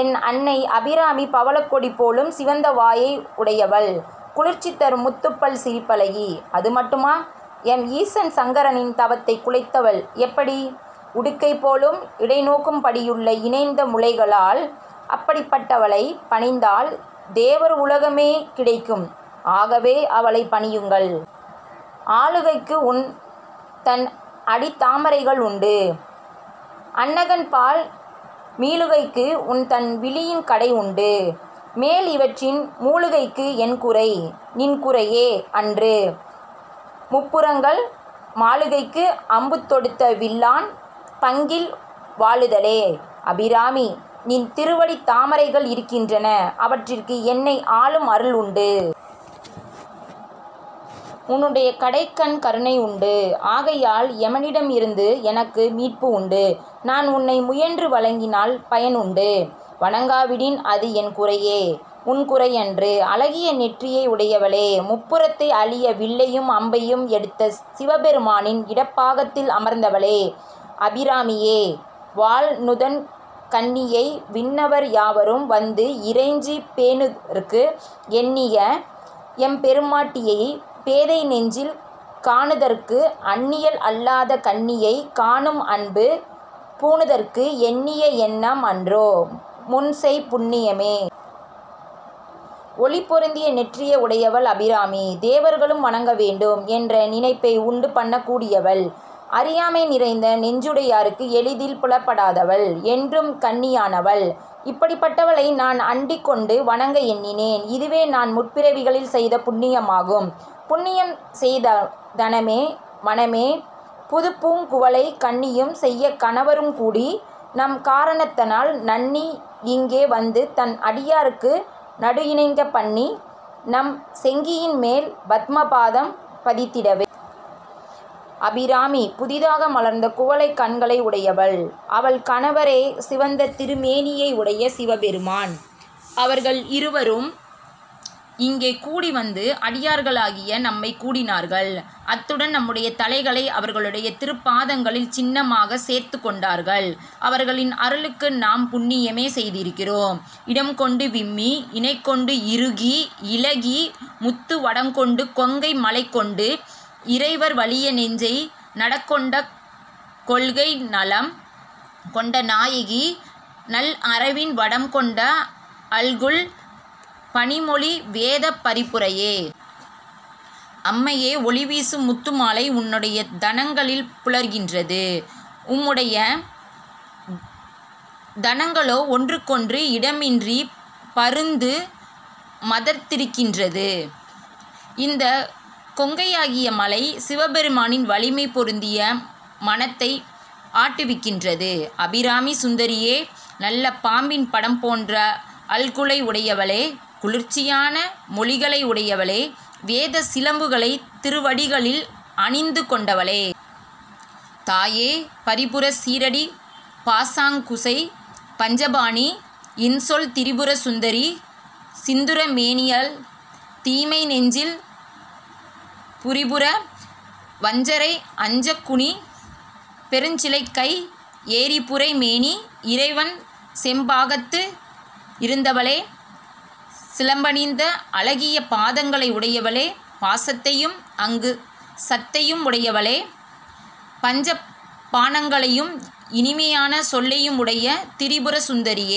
என் அன்னை அபிராமி பவளக்கொடி போலும் சிவந்த வாயை உடையவள். குளிர்ச்சி தரும் முத்துப்பல் சிரிப்பழகி, அது மட்டுமா? எம் ஈசன் சங்கரனின் தவத்தைக் குலைத்தவள். எப்படி? உடுக்கை போலும் இடை நோகும்படியுள்ள இணைந்த முலைகளால்! அப்படிப்பட்டவளைப் பணிந்தால் தேவர் உலகமே கிடைக்கும். ஆகவே அவளைப் பணியுங்கள்.: ஆளுகைக்கு, உன்தன் அடித்தாமரைகள் உண்டு, அந்தகன்பால் மீளுகைக்கு, உன்தன் விழியின் கடை உண்டு, மேல் இவற்றின் மூளுகைக்கு, என் குறை, நின் குறையே அன்று,-முப்புரங்கள். மாளுகைக்கு, அம்பு தொடுத்த வில்லான், பங்கில் வாணுதலே. அபிராமி! நின் திருவடித் தாமரைகள் இருக்கின்றன. அவற்றிற்கு என்னை ஆளும் அருள் உண்டு. உன்னுடைய கடைக்கண் கருணையுண்டு. ஆகையால் எமனிடத்திலிருந்து எனக்கு மீட்சியுண்டு. நான் உன்னை முயன்று வணங்கினால் பயன் உண்டு. வணங்காவிடின் அது என் குறையே; உன் குறையன்று. அழகிய நெற்றியை உடையவளே! முப்புரத்தை அழிக்க வில்லையும் அம்பையும் எடுத்த சிவபெருமானின் இடப்பாகத்தில் அமர்ந்தவளே! அபிராமியே!: வாள்-நுதல் கண்ணியை, விண்ணவர் யாவரும் வந்து இறைஞ்சிப் பேணுதற்கு எண்ணிய எம்பெருமாட்டியை, பேதை நெஞ்சில் காணுதற்கு அண்ணியள் அல்லாத கன்னியை, காணும்--அன்பு பூணுதற்கு எண்ணிய எண்ணம் அன்றோ, முன் செய் புண்ணியமே. ஒளி பொருந்திய நெற்றியுடையவள் அபிராமி! தேவர்களும் வணங்க வேண்டும் என்ற நினைப்பை உண்டு பண்ணக்கூடியவள்! அறியாமை நிறைந்த நெஞ்சுடையார்க்கு எளிதில் புலப்படாதவள். என்றும் கன்னியானவள். இப்படிப்பட்டவளை நான் அண்டிக் கொண்டு வணங்க எண்ணினேன். இதுவே நான் முற்பிறவிகளில் செய்த புண்ணியமாகும்.: புண்ணியம் செய்தனமே-மனமே. புதுப் பூங் குவளைக் கண்ணியும் செய்ய கணவரும் கூடி, நம் காரணத்தால் நண்ணி இங்கே வந்து தம் அடியார்கள் நடு இருக்கப் பண்ணி, நம் சென்னியின் மேல் பத்ம பாதம் பதித்திடவே. அபிராமி, புதிதாக மலர்ந்த குவளைக் கண்களையுடையவள். அவள் கணவரோ சிவந்த திருமேனியையுடைய சிவபெருமான். அவர்களிருவரும் இங்கே கூடிவந்து அடியார்களாகிய நம்மைக் கூட்டினார்கள். அத்துடன் நம்முடைய தலைகளை அவர்களுடைய திருப்பாதங்களின் சின்னமாகச் சேர்த்துக் கொண்டார்கள். அவர்களின் அருளுக்கு நாம் புண்ணியமே செய்திருக்கிறோம்.: இடங்கொண்டு விம்மி, இணைகொண்டு இறுகி, இளகி, முத்து வடங்கொண்ட கொங்கை-மலைகொண்டு இறைவர் வலிய நெஞ்சை நடங்கொண்ட கொள்கை நலம் கொண்ட நாயகி, நல் அரவின் வடம் கொண்ட அல்குல் பணிமொழி--வேதப் பரிபுரையே. அம்மையே! ஒளிவீசும் முத்துமாலை உன்னுடைய தனங்களில் புரள்கின்றது. உம்முடைய தனங்களோ ஒன்றுக்கொன்று இடமின்றி பருத்து மதர்த்திருக்கின்றது. இந்தக் கொங்கையாகிய மலை சிவபெருமானின் வலிமை பொருந்திய மனத்தை ஆட்டுவிக்கின்றது. அபிராமி சுந்தரியே! நல்ல பாம்பின் படம் போன்ற அல்குலை உடையவளே! குளிர்ச்சியான மொழிகளையுடையவளே! வேதச் சிலம்புகளைத் திருவடிகளில் அணிந்து கொண்டவளே! தாயே!: பரிபுரச் சீறடிப் பாசாங்குசை, பஞ்சபாணி, இன்சொல் திரிபுர சுந்தரி, சிந்துர மேனியள் தீமை நெஞ்சில் புரிபுர, வஞ்சரை அஞ்சக் குனி பொருப்புச்சிலைக் கை, எரி புரை மேனி, இறைவர் செம்பாகத்து இருந்தவளே. சிலம்பணிந்த அழகிய பாதங்களை உடையவளே! பாசத்தையும் அங்குசத்தையும் உடையவளே! பஞ்ச பாணங்களையும், இனிமையான சொல்லையுமுடைய திரிபுர சுந்தரியே!